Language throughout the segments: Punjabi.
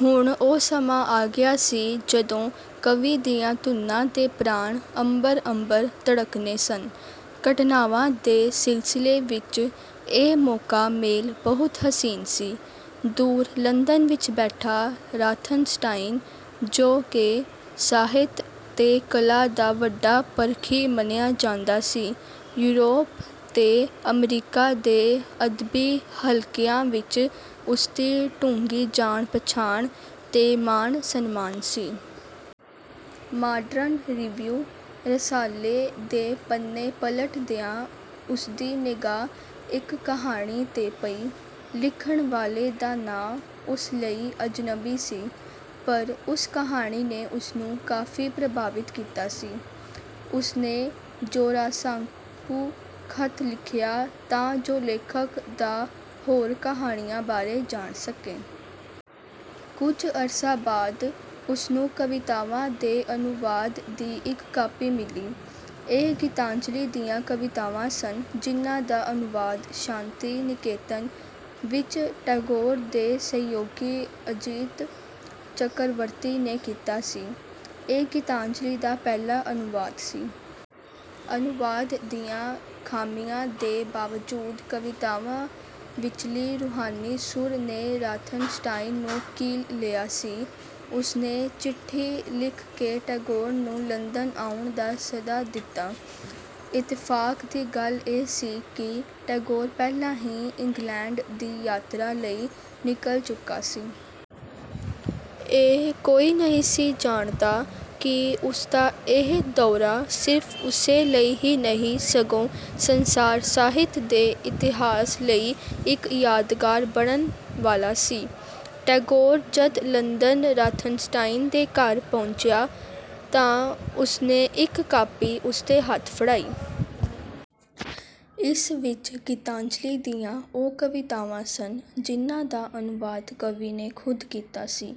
ਹੁਣ ਉਹ ਸਮਾਂ ਆਗਿਆ ਸੀ ਜਦੋਂ ਕਵੀ ਦੀਆਂ ਧੁਨਾਂ ਦੇ ਪ੍ਰਾਣ ਅੰਬਰ-ਅੰਬਰ ਧੜਕਨੇ ਸਨ। ਘਟਨਾਵਾਂ ਦੇ ਸਿਲਸਿਲੇ ਵਿੱਚ ਇਹ ਮੌਕਾ-ਮੇਲ ਬਹੁਤ ਹਸੀਨ ਸੀ। ਦੂਰ ਲੰਦਨ ਵਿੱਚ ਬੈਠਾ ਰਾਥਨਸਟਾਈਨ, ਜੋ ਕਿ ਸਾਹਿਤ ਤੇ ਕਲਾ ਦਾ ਵੱਡਾ ਪਰਖੀ ਮੰਨਿਆ ਜਾਂਦਾ ਸੀ, ਯੂਰੋਪ ਤੇ ਅਮਰੀਕਾ ਦੇ ਅਦਬੀ ਹਲਕਿਆਂ ਵਿੱਚ ਉਸਦੀ ਡੂੰਘੀ ਜਾਣ-ਪਛਾਣ ਤੇ ਮਾਣ-ਸਨਮਾਨ ਸੀ। "ਮਾਡਰਨ ਰਿਵੀਉ" ਰਸਾਲੇ ਦੇ ਪੰਨੇ ਪਲਟ ਦਿਆਂ ਉਸਦੀ ਨਿਗਾਹ ਇੱਕ ਕਹਾਣੀ 'ਤੇ ਪਈ, ਲਿਖਣ ਵਾਲੇ ਦਾ ਨਾਂ ਉਸ ਲਈ ਅਜਨਬੀ ਸੀ ਪਰ ਉਸ ਕਹਾਣੀ ਨੇ ਉਸਨੂੰ ਕਾਫ਼ੀ ਪ੍ਰਭਾਵਿਤ ਕੀਤਾ ਸੀ। ਉਸਨੇ ਜੋਰਾਸਾਂਕੂ ਖਤ ਲਿਖਿਆ ਤਾਂ ਜੋ ਲੇਖਕ ਦਾ ਹੋਰ ਕਹਾਣੀਆਂ ਬਾਰੇ ਜਾਣ ਸਕੇ। ਕੁਝ ਅਰਸਾ ਬਾਦ ਉਸਨੂੰ ਕਵਿਤਾਵਾਂ ਦੇ ਅਨੁਵਾਦ ਦੀ ਇੱਕ ਕਾਪੀ ਮਿਲੀ, ਇਹ ਗੀਤਾਂਜਲੀ ਦੀਆਂ ਕਵਿਤਾਵਾਂ ਸਨ ਜਿਨ੍ਹਾ ਦਾ ਅਨੁਵਾਦ ਸ਼ਾਂਤੀ-ਨਿਕੇਤਨ ਵਿੱਚ ਟੈਗੋਰ ਦੇ ਸਹਿਯੋਗੀ ਅਜਿਤ ਚਕਰਵਰਤੀ ਨੇ ਕੀਤਾ ਸੀ, ਇਹ ਗੀਤਾਂਜਲੀ ਦਾ ਪਹਿਲਾ ਅਨੁਵਾਦ ਸੀ। ਅਨੁਵਾਦ ਦੀਆਂ ਖਾਮੀਆਂ ਦੇ ਬਾਵਜੂਦ ਕਵਿਤਾਵਾਂ ਵਿੱਚਲੀ ਰੂਹਾਨੀ ਸੁਰ ਨੇ ਰਾਥਨਸਟਾਈਨ ਨੂੰ ਕੀਲ ਲਿਆ ਸੀ। ਉਸਨੇ ਚਿੱਠੀ ਲਿਖ ਕੇ ਟੈਗੋਰ ਨੂੰ ਲੰਦਨ ਆਉਣ ਦਾ ਸੱਦਾ ਦਿਤਾ। ਇੱਤਫ਼ਾਕ ਦੀ ਗੱਲ ਇਹ ਸੀ ਕਿ ਟੈਗੋਰ ਪਹਿਲਾਂ ਹੀ ਇੰਗਲੈਂਡ ਦੀ ਯਾਤਰਾ ਲਈ ਨਿਕਲ ਚੁੱਕਾ ਸੀ। ਇਹ ਕੋਈ ਨਹੀਂ ਸੀ ਜਾਣਦਾ ਕਿ ਉਸਦਾ ਇਹ ਦੌਰਾ ਸਿਰਫ਼ ਉਸੇ ਲਈ ਹੀ ਨਹੀਂ ਸਗੋਂ ਸਂਸਾਰ ਸਾਹਿਤ ਦੇ ਇਤਿਹਾਸ ਲਈ ਇੱਕ ਯਾਦਗਾਰ ਬਣਨ ਵਾਲਾ ਸੀ। ਟੈਗੋਰ ਜਦ ਲੰਦਨ ਰਾਥਨਸਟਾਈਨ ਦੇ ਘਰ ਪਹੁੰਚਿਆ ਤਾਂ ਉਸਨੇ ਇੱਕ ਕਾਪੀ ਉਸਦੇ ਹੱਥ ਫ਼ੜਾਈ। ਇਸ ਵਿੱਚ ਗੀਤਾਂਜਲੀ ਦੀਆਂ ਉਹ ਕਵਿਤਾਵਾਂ ਸਨ ਜਿਨ੍ਹਾ ਦਾ ਅਨੁਵਾਦ ਕਵੀ ਨੇ ਖੁਦ ਕੀਤਾ ਸੀ।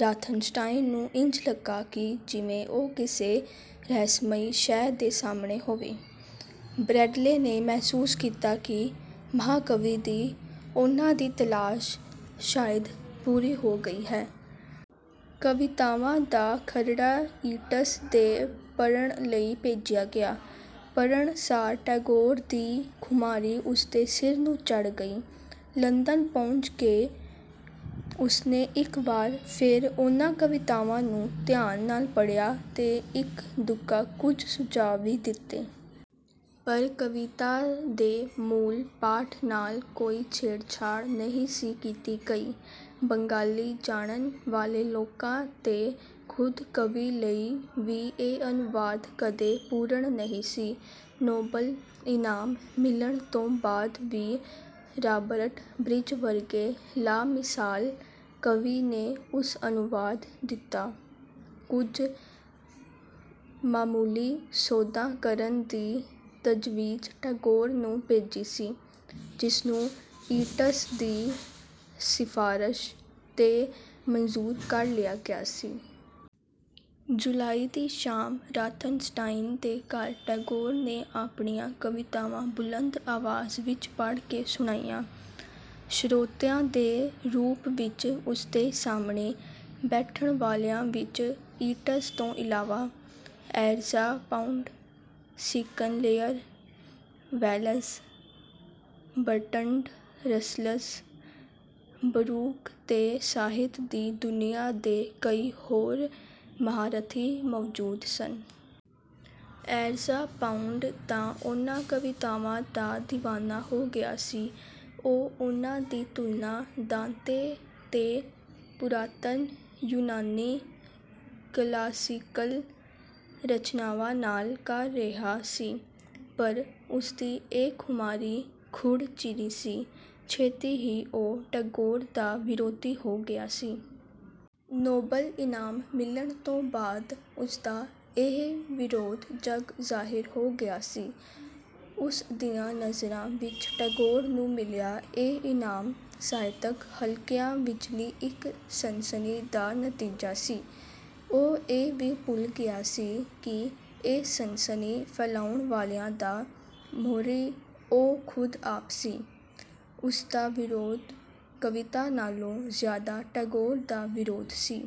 ਰਾਥਨਸਟਾਈਨ ਨੂੰ ਇੰਜ ਲੱਗਾ ਕਿ ਜਿਵੇਂ ਉਹ ਕਿਸੇ ਰਹਸਮਈ ਸ਼ੈਅ ਦੇ ਸਾਹਮਣੇ ਹੋਵੇ। ਬ੍ਰੈਡਲੇ ਨੇ ਮਹਿਸੂਸ ਕੀਤਾ ਕਿ ਮਹਾਕਵੀ ਦੀ ਉਨ੍ਹਾ ਦੀ ਤਲਾਸ਼ ਸ਼ਾਇਦ ਪੂਰੀ ਹੋ ਗਈ ਹੈ। ਕਵਿਤਾਵਾਂ ਦਾ ਖਰੜਾ ਯੀਟਸ ਦੇ ਪੜਣ ਲਈ ਭੇਜਿਆ ਗਿਆ। ਪੜਣਸਾਰ ਟੈਗੋਰ ਦੀ ਖੁਮਾਰੀ ਉਸਦੇ ਸਿਰ ਨੂੰ ਚੜ ਗਈ। ਲੰਦਨ ਪਹੁੰਚ ਕੇ ਉਸਨੇ ਇੱਕ ਵਾਰ ਫੇਰ ਉਨ੍ਹਾ ਕਵਿਤਾਵਾਂ ਨੂੰ ਧਿਆਨ ਨਾਲ ਪੜਿਆ ਤੇ ਇੱਕ-ਦੁੱਕਾ ਕੁਝ ਸੁਝਾ ਵੀ ਦਿੱਤੇ। ਪਰ ਕਵਿਤਾ ਦੇ ਮੂਲ ਪਾਠ ਨਾਲ ਕੋਈ ਛੇੜ-ਛਾੜ ਨਹੀਂ ਸੀ ਕੀਤੀ ਗਈ। ਬੰਗਾਲੀ ਜਾਣਨ ਵਾਲੇ ਲੋਕਾਂ ਤੇ ਖੁਦ ਕਵੀ ਲਈ ਵੀ ਇਹ ਅਨੁਵਾਦ ਕਦੇ ਪੂਰਣ ਨਹੀਂ ਸੀ। ਨੋਬਲ ਇਨਾਮ ਮਿਲਣ ਤੋਂ ਬਾਦ ਵੀ ਰਾਬਰਟ ਬ੍ਰਿਜ ਵਰਗੇ ਲਾਮਿਸਾਲ ਕਵੀ ਨੇ ਉਸ ਅਨੁਵਾਦ ਵਿੱਚ ਕੁਝ ਮਾਮੂਲੀ ਸੋਧਾਂ ਕਰਨ ਦੀ ਤਜਵੀਜ ਟੈਗੋਰ ਨੂੰ ਭੇਜੀ ਸੀ, ਜਿਸਨੂੰ ਯੀਟਸ ਦੀ ਸਿਫ਼ਾਰਸ਼ 'ਤੇ ਮੰਜ਼ੂਰ ਕਰ ਲਿਆ ਗਿਆ ਸੀ। ਜੁਲਾਈ ਦੀ ਸ਼ਾਮ ਰਾਥਨਸਟਾਈਨ ਦੇ ਘਰ ਟੈਗੋਰ ਨੇ ਆਪਣੀਆਂ ਕਵਿਤਾਵਾਂ ਬੁਲੰਦ ਆਵਾਜ਼ ਵਿੱਚ ਪੜ ਕੇ ਸੁਣਾਈਆਂ। ਸ਼ਰੋਤਿਆਂ ਦੇ ਰੂਪ ਵਿੱਚ ਉਸਦੇ ਸਾਹਮਣੇ ਬੈਠਣ ਵਾਲਿਆਂ ਵਿੱਚ ਯੀਟਸ ਤੋਂ ਇਲਾਵਾ, Ezra Pound, Sinclair, Wells, Bertrand Russells, Brooke ਤੇ ਸਾਹਿਤ ਦੀ ਦੁਨੀਆ ਦੇ ਕਈ ਹੋਰ ਮਹਾਰਥੀ ਮੌਜੂਦ ਸਨ। ਐਜ਼ਰਾ ਪਾਉਂਡ ਤਾਂ ਉਨ੍ਹਾ ਕਵਿਤਾਵਾਂ ਦਾ ਦੀਵਾਨਾ ਹੋ ਗਿਆ ਸੀ। ਉਹ ਉਨ੍ਹਾ ਦੀ ਤੁਲਨਾ ਦਾਂਤੇ ਤੇ ਪੁਰਾਤਨ ਯੂਨਾਨੀ ਕਲਾਸੀਕਲ ਰਚਨਾਵਾਂ ਨਾਲ ਕਰ ਰਿਹਾ ਸੀ। ਪਰ ਉਸਦੀ ਇਹ ਖੁਮਾਰੀ ਥੁੜ ਚਿਰੀ ਸੀ, ਛੇਤੀ ਹੀ ਉਹ ਟੈਗੋਰ ਦਾ ਵਿਰੋਧੀ ਹੋ ਗਿਆ ਸੀ। ਨੋਬਲ ਈਨਾਮ ਮਿਲਣ ਤੋਂ ਬਾਦ ਉਸਦਾ ਇਹ ਵਿਰੋਧ ਜਗ ਜ਼ਾਹਿਰ ਹੋ ਗਿਆ ਸੀ। ਉਸ ਦੀਆਂ ਨਜ਼ਰਾਂ ਵਿੱਚ ਟੈਗੋਰ ਨੂੰ ਮਿਲਿਆ ਇਹ ਈਨਾਮ ਸਾਹਿਤਕ ਹਲਕਿਆਂ ਵਿਚਲੀ ਇੱਕ ਸਨਸਨੀ ਦਾ ਨਤੀਜਾ ਸੀ। ਉਹ ਇਹ ਵੀ ਭੁੱਲ ਗਿਆ ਸੀ ਕਿ ਇਹ ਸਨਸਨੀ ਫੈਲਾਉਣ ਵਾਲਿਆਂ ਦਾ ਮੋਹਰੀ ਉਹ ਖੁਦ ਆਪ ਸੀ। ਉਸਦਾ ਵਿਰੋਧ ਕਵਿਤਾ ਨਾਲੋਂ ਜ਼ਿਆਦਾ ਟੈਗੋਰ ਦਾ ਵਿਰੋਧ ਸੀ।